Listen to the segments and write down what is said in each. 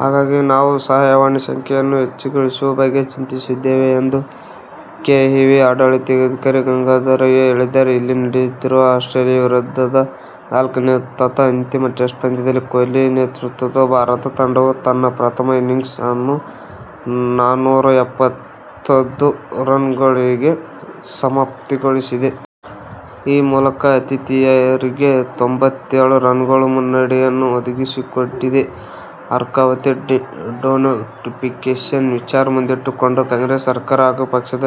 ಹಾಗಾಗಿ ನಾವು ಸಹಾಯವಾಣಿ ಸಂಖ್ಯೆಯನ್ನು ಹೆಚ್ಚುಗೊಳಿಸುವ ಬಗ್ಗೆ ಚಿಂತಿಸಿದ್ದೇವೆ ಎಂದು ಕೆಇಎ ಆಡಳಿತಾಧಿಕಾರಿ ಗಂಗಾಧರಯ್ಯ ಹೇಳಿದ್ದಾರೆ. ಇಲ್ಲಿ ನಡೆಯುತ್ತಿರುವ ಆಸ್ಟ್ರೇಲಿಯಾ ವಿರುದ್ಧದ ನಾಲ್ಕನೇ ತಥಾ ಅಂತಿಮ ಟೆಸ್ಟ್ ಪಂದ್ಯದಲ್ಲಿ ಕೊಹ್ಲಿ ನೇತೃತ್ವದ ಭಾರತ ತಂಡವು ತನ್ನ ಪ್ರಥಮ ಇನ್ನಿಂಗ್ಸ್ ಅನ್ನು ನಾನೂರ ಎಪ್ಪತ್ತೈದು ರನ್ನುಗಳಿಗೆ ಸಮಾಪ್ತಿಗೊಳಿಸಿದೆ. ಈ ಮೂಲಕ ಆತಿಥೇಯರಿಗೆ ತೊಂಬತ್ತೇಳು ರನ್ನುಗಳ ಮುನ್ನಡೆಯನ್ನು ಒದಗಿಸಿಕೊಟ್ಟಿದೆ. ಅರ್ಕಾವತಿ ಡಿನೋಟಿಫಿಕೇಷನ್ ವಿಚಾರ ಮುಂದಿಟ್ಟು ಕೊಂಡು ಕಾಂಗ್ರೆಸ್ ಸರಕಾರ ಹಾಗೂ ಪಕ್ಷದ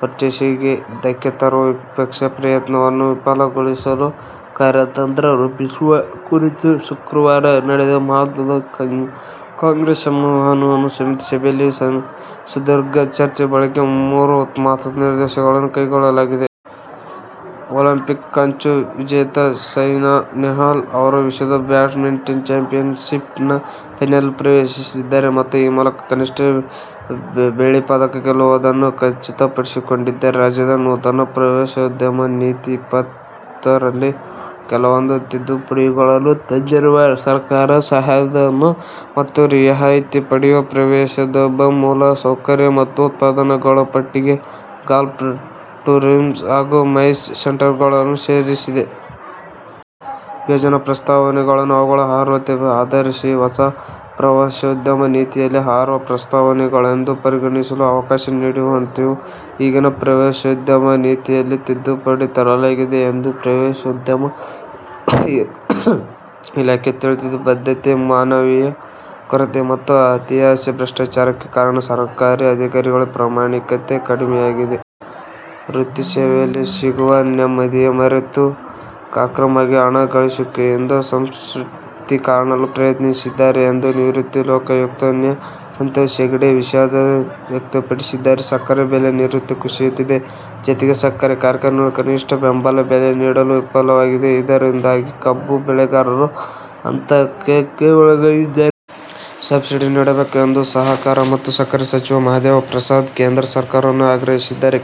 ವರ್ಚಸ್ಸಿಗೆ ಧಕ್ಕೆ ತರುವ ವಿಪಕ್ಷಗಳ ಪ್ರಯತ್ನವನ್ನು ವಿಫಲಗೊಳಿಸಲು ಕಾರ್ಯ ತಂತ್ರ ರೂಪಿಸುವ ಕುರಿತು ಶುಕ್ರವಾರ ನಡೆದ ಮಹತ್ವದ ಕಾಂಗ್ರೆಸ್ ಸಮನ್ವಯ ಸಮಿತಿ ಸಭೆಯಲ್ಲಿ ಸುದೀರ್ಘ ಚರ್ಚೆ ಬಳಿಕ ಮೂರು ಮಹತ್ವದ ನಿರ್ಧಾರಗಳನ್ನು ಕೈಗೊಳ್ಳಲಾಗಿದೆ. ಒಲಿಂಪಿಕ್ ಕಂಚು ವಿಜೇತೆ ಸೈನಾ ನೆಹ್ವಾಲ್ ಅವರು ವಿಶ್ವ ಬ್ಯಾಡ್ಮಿಂಟನ್ ಚಾಂಪಿಯನ್ಶಿಪ್ನ ಫೈನಲ್ ಪ್ರವೇಶಿಸಿದ್ದಾರೆ ಮತ್ತು ಈ ಮೂಲಕ ಕನಿಷ್ಠ ಬೆಳ್ಳಿ ಪದಕ ಗೆಲ್ಲುವುದನ್ನು ಖಚಿತಪಡಿಸಿಕೊಂಡಿದ್ದಾರೆ. ರಾಜ್ಯದ ನೂತನ "ಪ್ರವಾಸೋದ್ಯಮ ನೀತಿ -ಇಪ್ಪತ್ತುರಲ್ಲಿ ಕೆಲವೊಂದು ತಿದ್ದುಪಡಿಗಳನ್ನು ತಂದಿರುವ ಸರ್ಕಾರ ಸಹಾಯಧನ ಮತ್ತು ರಿಯಾಯಿತಿ ಪಡೆಯುವ ಪ್ರವಾಸೋದ್ಯಮ ಮೂಲ ಸೌಕರ್ಯ ಮತ್ತು ಉತ್ಪನ್ನಗಳಪಟ್ಟಿಗೆ "ಗಾಲ್ಫ್ ಟೂರಿಸಂ' ಹಾಗೂ "ಮೈಸ್ ಸೆಂಟರ್'ಗಳನ್ನು ಸೇರಿಸಿದೆ. ಯೋಜನಾ ಪ್ರಸ್ತಾವನೆಗಳನ್ನು ಅವುಗಳ ಅರ್ಹತೆ ಆಧರಿಸಿ ಹೊಸ ಪ್ರವಾಸೋದ್ಯಮ ನೀತಿಯಲ್ಲಿ ಅರ್ಹ ಪ್ರಸ್ತಾವನೆಗಳೆಂದು ಪರಿಗಣಿಸಲು ಅವಕಾಶ ನೀಡುವಂತೆಯೂ ಈಗಿನ ಪ್ರವಾಸೋದ್ಯಮ ನೀತಿಯಲ್ಲಿ ತಿದ್ದುಪಡಿ ತರಲಾಗಿದೆ ಎಂದು ಪ್ರವಾಸೋದ್ಯಮ ಇಲಾಖೆ ತಿಳಿಸಿದೆ. ಬದ್ಧತೆ, ಮಾನವೀಯ ಕೊರತೆ ಮತ್ತು ಅತಿಯಾಸೆ ಭ್ರಷ್ಟಾಚಾರಕ್ಕೆ ಕಾರಣ. ಸರ್ಕಾರಿ ಅಧಿಕಾರಿಗಳಲ್ಲಿ ಪ್ರಾಮಾಣಿಕತೆ ಕಡಿಮೆಯಾಗಿದೆ. ವೃತ್ತಿ ಸೇವೆಯಲ್ಲಿ ಸಿಗುವ ನೆಮ್ಮದಿ ಮರೆತು ಅಕ್ರಮವಾಗಿ ಹಣ ಗಳಿಕೆಯಿಂದ ಸಂತೃಪ್ತಿ ಕಾಣಲು ಪ್ರಯತ್ನಿಸುತ್ತಿದ್ದಾರೆ ಎಂದು ನಿವೃತ್ತ ಲೋಕಾಯುಕ್ತ ನ್ಯಾ. ಸಂತೋಷ್ ಹೆಗಡೆ ವಿಷಾದ ವ್ಯಕ್ತಪಡಿಸಿದ್ದಾರೆ. ಸಕ್ಕರೆ ಬೆಲೆ ನಿರಂತರ ಕುಸಿಯುತ್ತಿದೆ. ಜತೆಗೆ, ಸಕ್ಕರೆ ಕಾರ್ಖಾನೆಗಳು ಕನಿಷ್ಠ ಬೆಂಬಲ ಬೆಲೆ ನೀಡಲು ವಿಫಲವಾಗಿವೆ. ಇದರಿಂದಾಗಿ ಕಬ್ಬು ಬೆಳೆಗಾರರು ಆತಂಕಕ್ಕೆ ಒಳಗಾಗಿದ್ದಾರೆ. ಸಬ್ಸಿಡಿ ನೀಡಬೇಕು ಎಂದು ಸಹಕಾರ ಮತ್ತು ಸಕ್ಕರೆ ಸಚಿವ ಮಹಾದೇವ ಪ್ರಸಾದ್ ಕೇಂದ್ರ ಸರ್ಕಾರವನ್ನು ಆಗ್ರಹಿಸಿದ್ದಾರೆ.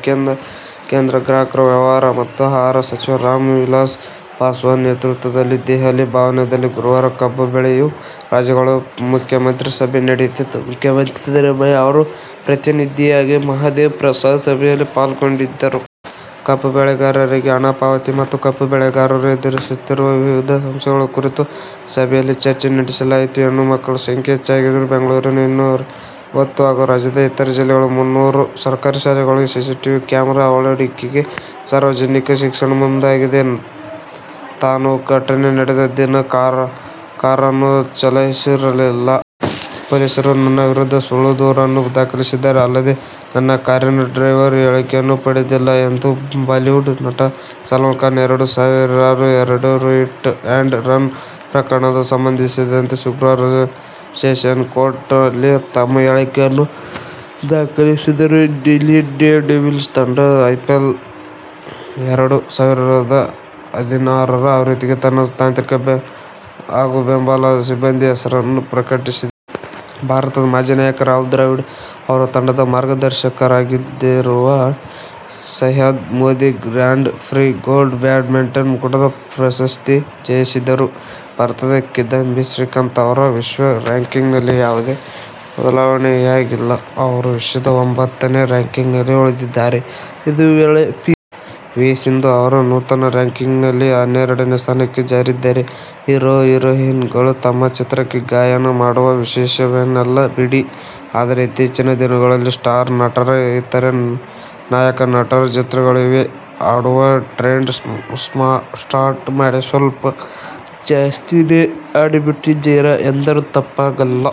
ಕೇಂದ್ರ ಗ್ರಾಹಕ ವ್ಯವಹಾರ ಮತ್ತು ಆಹಾರ ಸಚಿವ ರಾಮ್ ವಿಲಾಸ್ ಪಾಸ್ವಾನ್ ನೇತೃತ್ವದಲ್ಲಿ ದೆಹಲಿಯ ಭವನದಲ್ಲಿ ಗುರುವಾರ ಕಬ್ಬು ಬೆಳೆಯುವ ರಾಜ್ಯಗಳ ಮುಖ್ಯಮಂತ್ರಿಗಳ ಸಭೆ ನಡೆಯಿತು. ಮುಖ್ಯಮಂತ್ರಿ ಸಿದ್ದರಾಮಯ್ಯ ಅವರ ಪ್ರತಿನಿಧಿಯಾಗಿ ಮಹದೇವ ಪ್ರಸಾದ್ ಸಭೆಯಲ್ಲಿ ಪಾಲ್ಗೊಂಡಿದ್ದರು. ಕಬ್ಬು ಬೆಳೆಗಾರರಿಗೆ ಹಣ ಪಾವತಿ ಮತ್ತು ಕಬ್ಬು ಬೆಳೆಗಾರರು ಎದುರಿಸುತ್ತಿರುವ ವಿವಿಧ ಸಮಸ್ಯೆಗಳ ಕುರಿತು ಸಭೆಯಲ್ಲಿ ಚರ್ಚೆ ನಡೆಸಲಾಯಿತು. ಹೆಣ್ಣುಮಕ್ಕಳ ಸಂಖ್ಯೆ ಹೆಚ್ಚಾಗಿರುವ ಬೆಂಗಳೂರಿನ ಇನ್ನೂರೈವತ್ತು ಹಾಗೂ ರಾಜ್ಯದ ಇತರೆ ಜಿಲ್ಲೆಗಳ ಮುನ್ನೂರು ಸರ್ಕಾರಿ ಶಾಲೆಗಳಿಗೆ ಸಿಸಿಟಿವಿ ಕ್ಯಾಮರಾ ಅಳವಡಿಕೆಗೆ ಸಾರ್ವಜನಿಕ ಶಿಕ್ಷಣ ಮುಂದಾಗಿದೆ. ತಾನು ಘಟನೆ ನಡೆದ ದಿನ ಕಾರನ್ನು ಚಲಾಯಿಸಿರಲಿಲ್ಲ. ಪೊಲೀಸರು ನನ್ನ ವಿರುದ್ಧ ಸುಳ್ಳು ದೂರನ್ನು ದಾಖಲಿಸಿದ್ದಾರೆ. ಅಲ್ಲದೇ ನನ್ನ ಕಾರಿನ ಡ್ರೈವರ್ ಹೇಳಿಕೆಯನ್ನೂ ಪಡೆದಿಲ್ಲ ಎಂದು ಬಾಲಿವುಡ್ ನಟ ಸಲ್ಮಾನ್ ಖಾನ್ ಎರಡು ಸಾವಿರದ ಎರಡರ ಹಿಟ್ ಅಂಡ್ ರನ್ ಪ್ರಕರಣಕ್ಕೆ ಸಂಬಂಧಿಸಿದಂತೆ ಶುಕ್ರವಾರ ಸೆಷನ್ಸ್ ಕೋರ್ಟ್ ನಲ್ಲಿ ತಮ್ಮ ಹೇಳಿಕೆಯನ್ನು ದಾಖಲಿಸಿದರು. ಡೆಲ್ಲಿ ಡೇರ್ಡೆವಿಲ್ಸ್ ತಂಡ ಐಪಿಎಲ್ ಎರಡು ಸಾವಿರದ ಹದಿನಾರರ ಆವೃತ್ತಿಗೆ ತನ್ನ ತಾಂತ್ರಿಕ ಹಾಗೂ ಬೆಂಬಲ ಸಿಬಂದಿ ಹೆಸರನ್ನು ಪ್ರಕಟಿಸಿದೆ. ಭಾರತದ ಮಾಜಿ ನಾಯಕ ರಾಹುಲ್ ದ್ರಾವಿಡ್ ಅವರು ತಂಡದ ಮಾರ್ಗದರ್ಶಕರಾಗಿರುವರು. Syed Modi Grand Prix Gold badminton ಕೂಟದ ಪ್ರಶಸ್ತಿ ಜಯಿಸಿದ್ದರೂ ಭಾರತದ ಕಿದಂಬಿ ಶ್ರೀಕಾಂತ್ ಅವರ ವಿಶ್ವ ರ‍್ಯಾಂಕಿಂಗ್ ನಲ್ಲಿ ಯಾವುದೇ ಬದಲಾವಣೆಯಾಗಿಲ್ಲ. ಅವರು ವಿಶ್ವದ ಒಂಬತ್ತನೇ ರ‍್ಯಾಂಕಿಂಗ್ ನಲ್ಲಿ ಉಳಿದಿದ್ದಾರೆ. ಇದೇ ವೇಳೆ ಪಿ. ವಿ. ಸಿಂಧು ಅವರು ನೂತನ ರ‍್ಯಾಂಕಿಂಗ್ ನಲ್ಲಿ ಹನ್ನೆರಡನೇ ಸ್ಥಾನಕ್ಕೆ ಜಾರಿದ್ದಾರೆ. ಹೀರೊ-ಹೀರೊಯಿನ್'ಗಳು ತಮ್ಮ ಚಿತ್ರಕ್ಕೆ ಗಾಯನ ಮಾಡುವುದು ವಿಶೇಷವೇನಲ್ಲ ಬಿಡಿ ಆದರೆ ಇತ್ತೀಚಿನ ದಿನಗಳಲ್ಲಿ ಸ್ಟಾರ್ ನಟರು ಇತರೆ ನಾಯಕ ನಟರ ಚಿತ್ರಗಳಿಗೆ ಹಾಡುವ ಟ್ರೆಂಡ್ ಸ್ಟಾರ್ಟ್ ಮಾಡಿ ಸ್ವಲ್ಪ ಜಾಸ್ತಿನೇ ಹಾಡಿಬಿಟ್ಟಿದ್ದರು ಎಂದರೆ ತಪ್ಪಾಗಲ್ಲ.